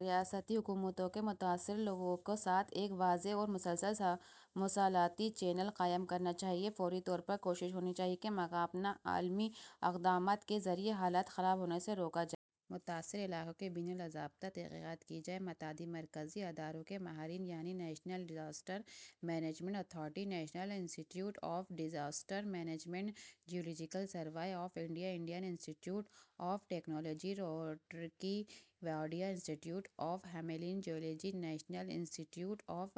ریاستی حکومت کو متاثرہ لوگوں کے ساتھ ایک واضح اور مسلسل مواصلاتی چینل قائم کرنا چاہیے۔ فوری طور پر کوشش ہونی چاہیے کہ ممکنہ عملی اقدامات کے ذریعے حالات کی خراب ہونے سے روکا جائے۔ متاثرہ علاقے کی بین الضابطہ تحقیقات کی جائیں۔ متعدد مرکزی اداروں کے ماہرین یعنی national disaster management authority, national institute of disaster management, geological survey of India, Indian institute of technology Roorkee, Wadia institute of Himalayan geology, national institute of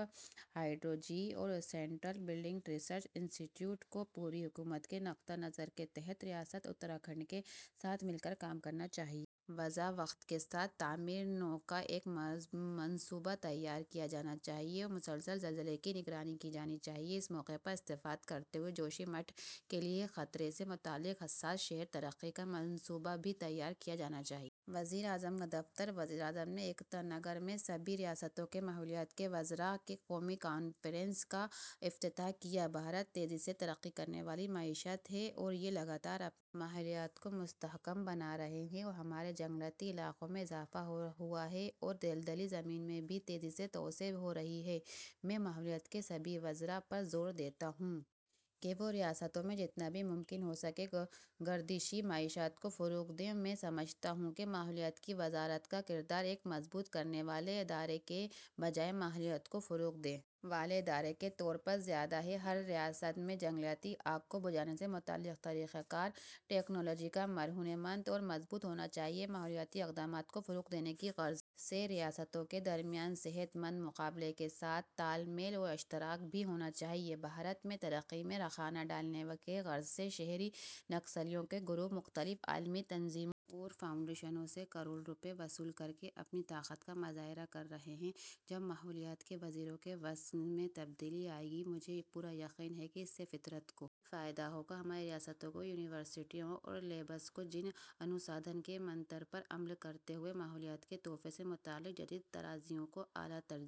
hydrology اور central building research institute کو ''پوری حکومت'' کے نقطہ نظر کے تحت ریاست اتراکھنڈ کے ساتھ مل کر کام کرنا چاہئے۔ واضح وقت کے ساتھ تعمیر نو کا ایک منصوبہ تیار کیا جانا چاہیے اور مسلسل زلزلے کی نگرانی کی جانی چاہیے۔ اس موقع سے استفادہ کرتے ہوئے جوشی مٹھ کے لیے ایک خطرے سے متعلق حسّاس شہری ترقی کا منصوبہ بھی تیار کیا جانا چاہیے۔ وزیراعظم کا دفتر وزیر اعظم نے ایکتا نگر میں سبھی ریاستوں کے ماحولیات کے وزراء کی قومی کانفرنس کا افتتاح کیا ''بھارت تیزی سے ترقی کرنے والی معیشت ہے اور یہ لگاتار اپنے ماحولیات کو مستحکم بنا رہی ہے'' ''ہمارے جنگلاتی علاقے میں اضافہ ہوا ہے اور دلدلی زمینوں میں بھی تیزی سے توسیع ہو رہی ہے'' میں ماحولیات کے سبھی وزراء پر زور دیتا ہوں کہ وہ ریاستوں میں جتنا بھی ممکن ہوسکے گردشی معیشت کو فروغ دیں'' ''میں سمجھتا ہوں کہ ماحولیات کی وزارت کا کردار، ایک منضبط کرنے والے ادارے کے بجائے ماحولیات کو فروغ دینے والے ادارے کے طور پر زیادہ ہے'' ''ہر ریاست میں جنگلاتی آگ کو بجھانے سے متعلق طریق کار، ٹیکنالوجی کا مرہونِ منت اور مضبوط ہونا چاہئے'' ''ماحولیاتی اقدامات کو فروغ دینے کی غرض سے ریاستوں کے درمیان صحت مند مقابلے کے ساتھ ساتھ تال میل اور اشتراک بھی ہونا چاہئے'' ''بھارت میں ترقی میں رخنہ ڈالنے کی غرض سے، شہری نکسلیوں کے گروپ، مختلف عالمی تنظیموں اور فاؤنڈیشنوں سے کروڑ روپئے وصول کرکے، اپنی طاقت کا مظاہرہ کر رہے ہیں'' ''جب ماحولیات کے وزیروں کے وژن میں تبدیلی آئے گی، مجھے پورا یقین ہے کہ اس سے فطرت کو بھی فائدہ ہوگا'' ''ہماری ریاستوں کی یونیورسٹیوں اور لیبس کو ''جن انوسندھان'' کے منتر پر عمل کرتے ہوئے ماحولیات کے تحفظ سے متعلق جدت طرازیوں کو اعلیٰ ترجیح